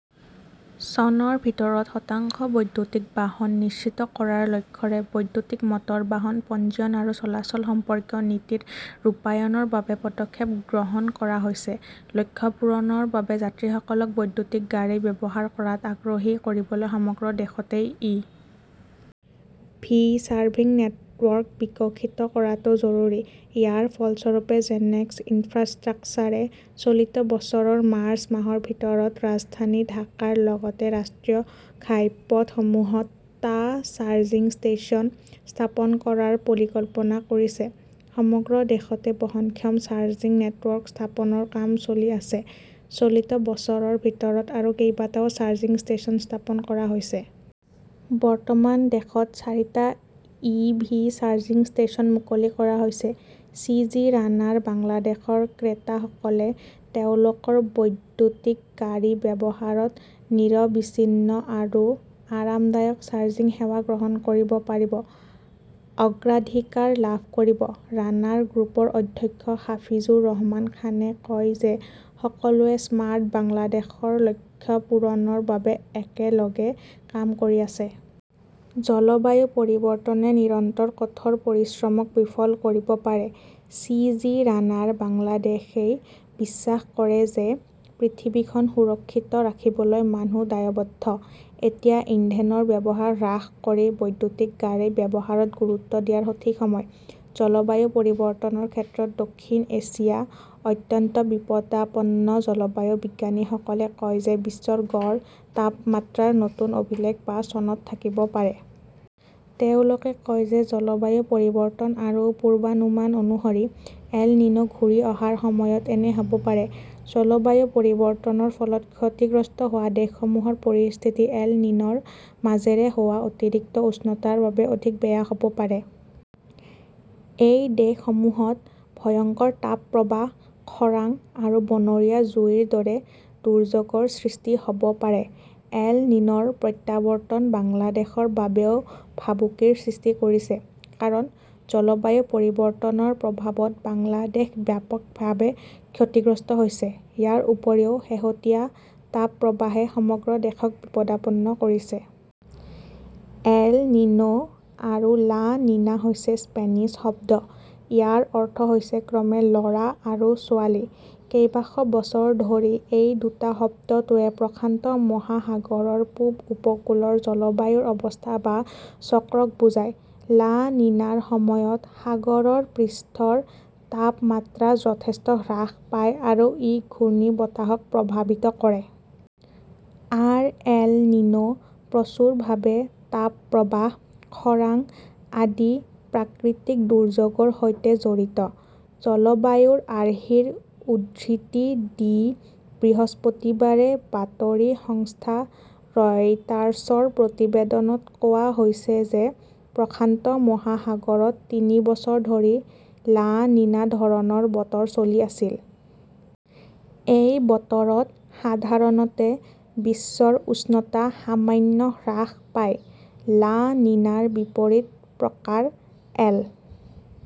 চনৰ ভিতৰত শতাংশ বৈদ্যুতিক বাহন নিশ্চিত কৰাৰ লক্ষ্যৰে বৈদ্যুতিক মটৰ বাহন পঞ্জীয়ন আৰু চলাচল সম্পৰ্কীয় নীতি- ৰ ৰূপায়ণৰ বাবে পদক্ষেপ গ্ৰহণ কৰা হৈছে। লক্ষ্য পূৰণৰ বাবে যাত্ৰীসকলক বৈদ্যুতিক গাড়ী ব্যৱহাৰ কৰাত আগ্ৰহী কৰিবলৈ সমগ্ৰ দেশতে ই. ভি. চাৰ্জিং নেটৱৰ্ক বিকশিত কৰাটো জৰুৰী। ইয়াৰ ফলস্বৰূপে, জেনেক্স ইনফ্ৰাষ্ট্ৰাকচাৰে চলিত বছৰৰ মাৰ্চ মাহৰ ভিতৰত ৰাজধানী ঢাকাৰ লগতে ৰাষ্ট্ৰীয় ঘাইপথসমূহত টা চাৰ্জিং ষ্টেচন স্থাপন কৰাৰ পৰিকল্পনা কৰিছে। সমগ্ৰ দেশতে বহনক্ষম চাৰ্জিং নেটৱৰ্ক স্থাপনৰ কাম চলি আছে, চলিত বছৰৰ ভিতৰত আৰু কেইবাটাও চাৰ্জিং ষ্টেচন স্থাপন কৰা হৈছে। বৰ্তমান দেশত চাৰিটা ই ভি চাৰ্জিং ষ্টেচন মুকলি কৰা হৈছে। চি. জি. ৰানাৰ বাংলাদেশৰ ক্ৰেতাসকলে তেওঁলোকৰ বৈদ্যুতিক গাড়ী ব্যৱহাৰত নিৰবিচ্ছিন্ন আৰু আৰামদায়ক চাৰ্জিং সেৱা গ্ৰহণ কৰিব পাৰিব; অগ্ৰাধিকাৰ লাভ কৰিব। ৰানাৰ গ্ৰুপৰ অধ্যক্ষ হাফিজুৰ ৰহমান খানে কয় যে সকলোৱে স্মাৰ্ট বাংলাদেশৰ লক্ষ্য পূৰণৰ বাবে একেলগে কাম কৰি আছে। জলবায়ু পৰিৱৰ্তনে নিৰন্তৰ কঠোৰ পৰিশ্ৰমক বিফল কৰিব পাৰে। চি. জি. ৰানাৰ বাংলাদেশই বিশ্বাস কৰে যে পৃথিৱীখন সুৰক্ষিত ৰাখিবলৈ মানুহ দায়বদ্ধ। এতিয়া ইন্ধনৰ ব্যৱহাৰ হ্ৰাস কৰি বৈদ্যুতিক গাড়ী ব্যৱহাৰত গুৰুত্ব দিয়াৰ সঠিক সময়। জলবায়ু পৰিৱৰ্তনৰ ক্ষেত্ৰত দক্ষিণ এছিয়া অত্যন্ত বিপদাপন্ন জলবায়ু বিজ্ঞানীসকলে কয় যে বিশ্বৰ গড় তাপমাত্ৰাৰ নতুন অভিলেখ বা চনত থাকিব পাৰে। তেওঁলোকে কয় যে জলবায়ু পৰিৱৰ্তন আৰু পূৰ্বানুমান অনুসৰি 'এল নিনো "ঘূৰি অহাৰ সময়ত এনে হ" ব পাৰে। জলবায়ু পৰিৱৰ্তনৰ ফলত ক্ষতিগ্ৰস্ত হোৱা দেশসমূহৰ পৰিস্থিতি এল নিন "ৰ মাজেৰে হোৱা অতিৰিক্ত উষ্ণতাৰ বাবে অধিক বেয়া হ" ব পাৰে। এই দেশসমূহত ভয়ংকৰ তাপপ্ৰবাহ, খৰাং আৰু বনৰীয়া জুইৰ দৰে দুৰ্যোগৰ সৃষ্টি হ "ব পাৰে। এল নিন "ৰ প্ৰত্যাৱৰ্তন বাংলাদেশৰ বাবেও ভাবুকিৰ সৃষ্টি কৰিছে। কাৰণ, জলবায়ু পৰিৱৰ্তনৰ প্ৰভাৱত বাংলাদেশ ব্যাপকভাৱে ক্ষতিগ্ৰস্ত হৈছে। ইয়াৰ উপৰিও শেহতীয়া তাপপ্ৰবাহে সমগ্ৰ দেশক বিপদাপন্ন কৰিছে। এল নিনো আৰু লা নিনা হৈছে স্পেনিছ শব্দ। ইয়াৰ অৰ্থ হৈছে ক্ৰমে ল "ৰা আৰু ছোৱালী। কেইবাশ বছৰ ধৰি এই দুটা শব্দটোৱে প্ৰশান্ত মহাসাগৰৰ পূব উপকূলৰ জলবায়ুৰ অৱস্থা বা চক্ৰক বুজায়। লা নিনাৰ সময়ত সাগৰৰ পৃষ্ঠৰ তাপমাত্ৰা যথেষ্ট হ্ৰাস পায় আৰু ই ঘূৰ্ণীবতাহক প্ৰভাৱিত কৰে। আৰ এল নিনো প্ৰচুৰভাৱে তাপপ্ৰবাহ, খৰাং আদি প্ৰাকৃতিক দুৰ্যোগৰ সৈতে জড়িত। জলবায়ুৰ আৰ্হিৰ উদ্ধৃতি দি বৃহস্পতিবাৰে বাতৰি সংস্থা ৰয়টাৰ্ছৰ প্ৰতিবেদনত কোৱা হৈছে যে প্ৰশান্ত মহাসাগৰত তিনি বছৰ ধৰি লা নিনা ধৰণৰ বতৰ চলি আছিল। এই বতৰত সাধাৰণতে বিশ্বৰ উষ্ণতা সামান্য হ্ৰাস পায়। লা নিনাৰ বিপৰীত প্ৰকাৰ এল